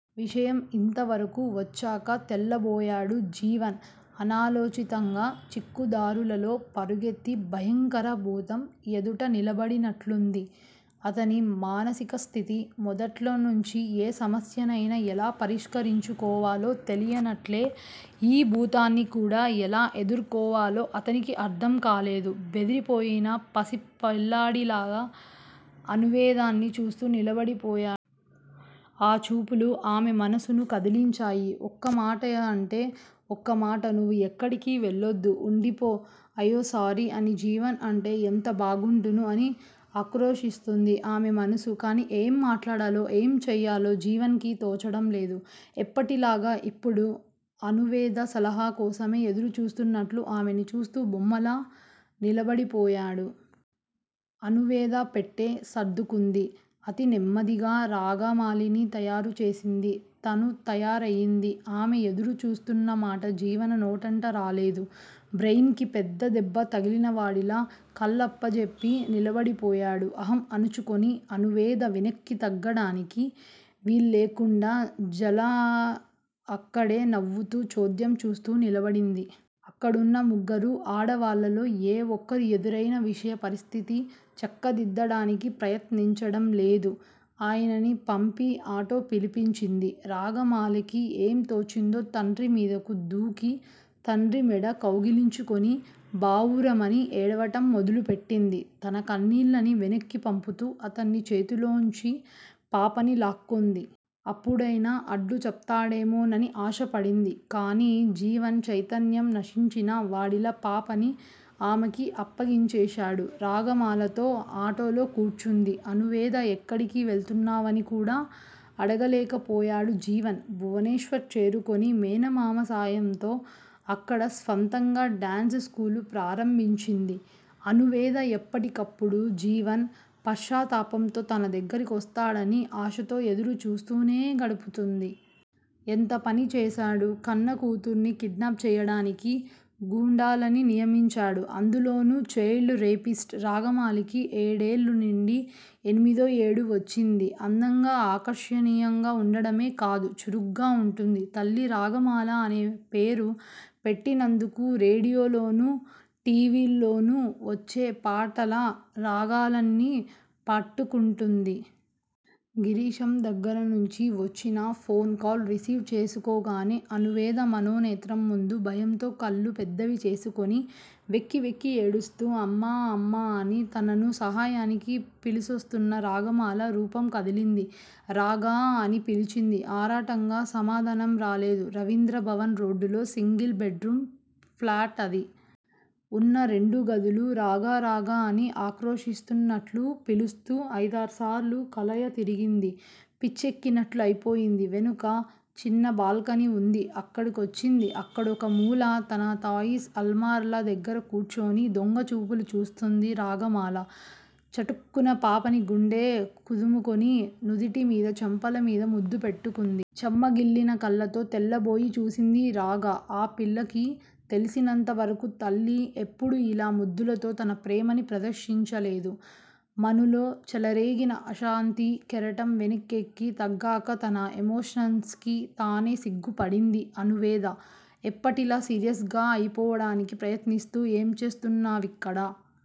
విషయం ఇంతవరకు వచ్చాక తెల్లబోయాడు జీవన్. అనాలోచితంగా చిక్కు దారుల్లో పరుగెత్తి భయంకర భూతం ఎదుట నిలబడినట్లుంది అతని మానసిక స్థితి. మొదట్నుంచి ఏ సమస్యనైనా ఎలా పరిష్కరించుకోవాలో తెలియనట్లే ఈ భూతాన్ని కూడా ఎలా ఎదుర్కోవాలో అతనికి అర్ధం కాలేదు. బెదిరిపోయిన పసిపిల్లాడిలా అణువేదని చూస్తూ నిలబడిపోయాడు. ఆ చూపులు ఆమె మనస్సును కదిలించాయి. ఒక్కమాటంటే ఒక్క మాట నువు ఎక్కడికి వెళ్లొద్దు వుండిపో ఆయామ్ సారీ! అని జీవన్ అంటే ఎంత బాగుండును? అని ఆక్రోశిస్తోంది ఆమె మనస్సు. కని ఏం మాట్లాడాలో, ఏం చెయ్యాలో జీవన్ కి తోచడం లేదు. ఎప్పటిలాగా యిప్పుడు అణువేద సలహా కోసమే ఎదురు చూస్తున్నట్లు ఆమెనే చూస్తూ బొమ్మలా నిలబడిపోయాడు. అణువేద పెట్టె సర్దుకుంది. అతి నెమ్మదిగా రాగమాలని తయారుచేసింది. తను తయారైంది. ఆమె ఎదురుచూస్తున్న మాట జీవన్ నోటంట రాలేదు. బ్రెయిన్ కి పెద్ద దెబ్బ తగిలినవాడిలా కళ్ళప్పజెప్పి నిలబడిపోయాడు. అహం అణచుకొని అణువేద వెనక్కి తగ్గడానికి వీల్లేకుండా జలజ అక్కడే నవుతూ చోద్యం చూస్తూ నిలబడింది. అక్కడున్న ముగ్గురు ఆడవాళ్ళలో ఏ వోక్కరు ఎదురైనా విషమ పరిస్థితి చక్కదిద్దడానికి ప్రయత్నించడంలేదు. అయాని పంపి అటో పిలిపించింది. రాగమాలకి ఏం తోచిందో తండ్రి మీదకు దూకి తండ్రి మెడ కౌగలించుకుని బావురుమని ఏడవడం మొదలుపెట్టింది. తన కన్నీళ్ళని వెనక్కి పంపుతూ అతని చేతుల్లోంచి పాపని లాక్కుంది. అప్పుడైనా అడ్డు చెప్తాడేమోనని ఆశపడింది. కని జీవన్ చైతన్యం నశించినా వాడిలా పాపని ఆమెకి అప్పగించేశాడు. రాగమాలతో ఆటోలో కూర్చుంది. అణువేద. ఎక్కడికి వెళ్తున్నావని కూడా అడగలేకపోయాడు జీవన్. భువనేశ్వర్ చేరుకొని మేనమామ సాయంతో అక్కడ స్వంతంగా డాన్సు స్కూలు ప్రారంభించింది అణువేద. ఎప్పటికప్పుడు జీవన్ పశ్చాత్తాపంతో తన దగ్గరికి వస్తాడని ఆశతో ఎదురు చూస్తోనే గడుపుతోంది. ఎంతపని చేశాడు. కన్న కూతురిని కిడ్నాప్ చెయ్యడానికి గుండాలని నియమించాడు. అందులోను చైల్డ్ రేపిస్ట్. రాగమాలకి ఏడేళ్ళు నిండి ఎనిమిదో ఏడు వచ్చింది. అందంగా ఆకర్షనియంగా వుండడమే కాదు చురుగ్గా వుంటుంది. తల్లి రాగమాల అని పేరు పెట్టినందుకు రేడియోలోను టి. వి. ల్లోనూ వచ్చే పాటల రాగాలన్నీ పట్టుకుంటుంది. గిరీశం దగ్గరనుంచి వచ్చిన ఫోన్ కాల్ రిసీవ్ చేసుకోగానే అణువేద మనోనేత్రం ముందు భయంతో కళ్ళు పెద్దవి చేసుకొని వెక్కి వెక్కి ఏడుస్తూ, అమ్మా! అమ్మా! అని తనను సహాయానికి పిలుస్తోన్న రాగమాల రూపం కదిలింది. రాగా! అని పిలిచింది. ఆరాటంగా సమాధానం రాలేదు. రవీంద్రభవన్ రోడ్డులో సింగిల్ బెడ్ రూమ్ ప్లాట్ అది. ఉన్న రెండు గదులు రాగా! రాగా! అని ఆక్రోశిస్తున్నట్లు పిలుస్తూ ఐదారుసార్లు కలయతిరిగింది. పిచ్చెక్కినట్లు అయిపొయింది. వెనక చిన్న బాల్కాని వుంది అక్కడి కొచ్చింది. అక్కడొక మూల తన తాయిస్ అల్మారా దగ్గర కూర్చుని దొంగ చూపులు చూస్తోంది రాగమాల. చటుక్కున పాపని గుండె కదుముకుని నుదుటి మీద, చెంపల మీద ముద్దు పెట్టుకుంది. చెమ్మగిల్లిన కళ్ళతో తెల్లబోయి చూసింది రాగ. ఆ పిల్లకి తెలిసినంతవరకు, తల్లి యెప్పుడు ఇలా ముద్దులుతో తన ప్రేమని ప్రదర్శించలేదు. మనులో చెలరేగిన అశాంతి కెరటం వెనక్కి తగ్గాక తన ఎమోషన్సుకి తనే సిగ్గుపడింది అణువేద. ఎప్పటిలా సీరియస్ గా అయిపోవడానికి ప్రయత్నిస్తూ ఏం చేస్తున్నావిక్కడ?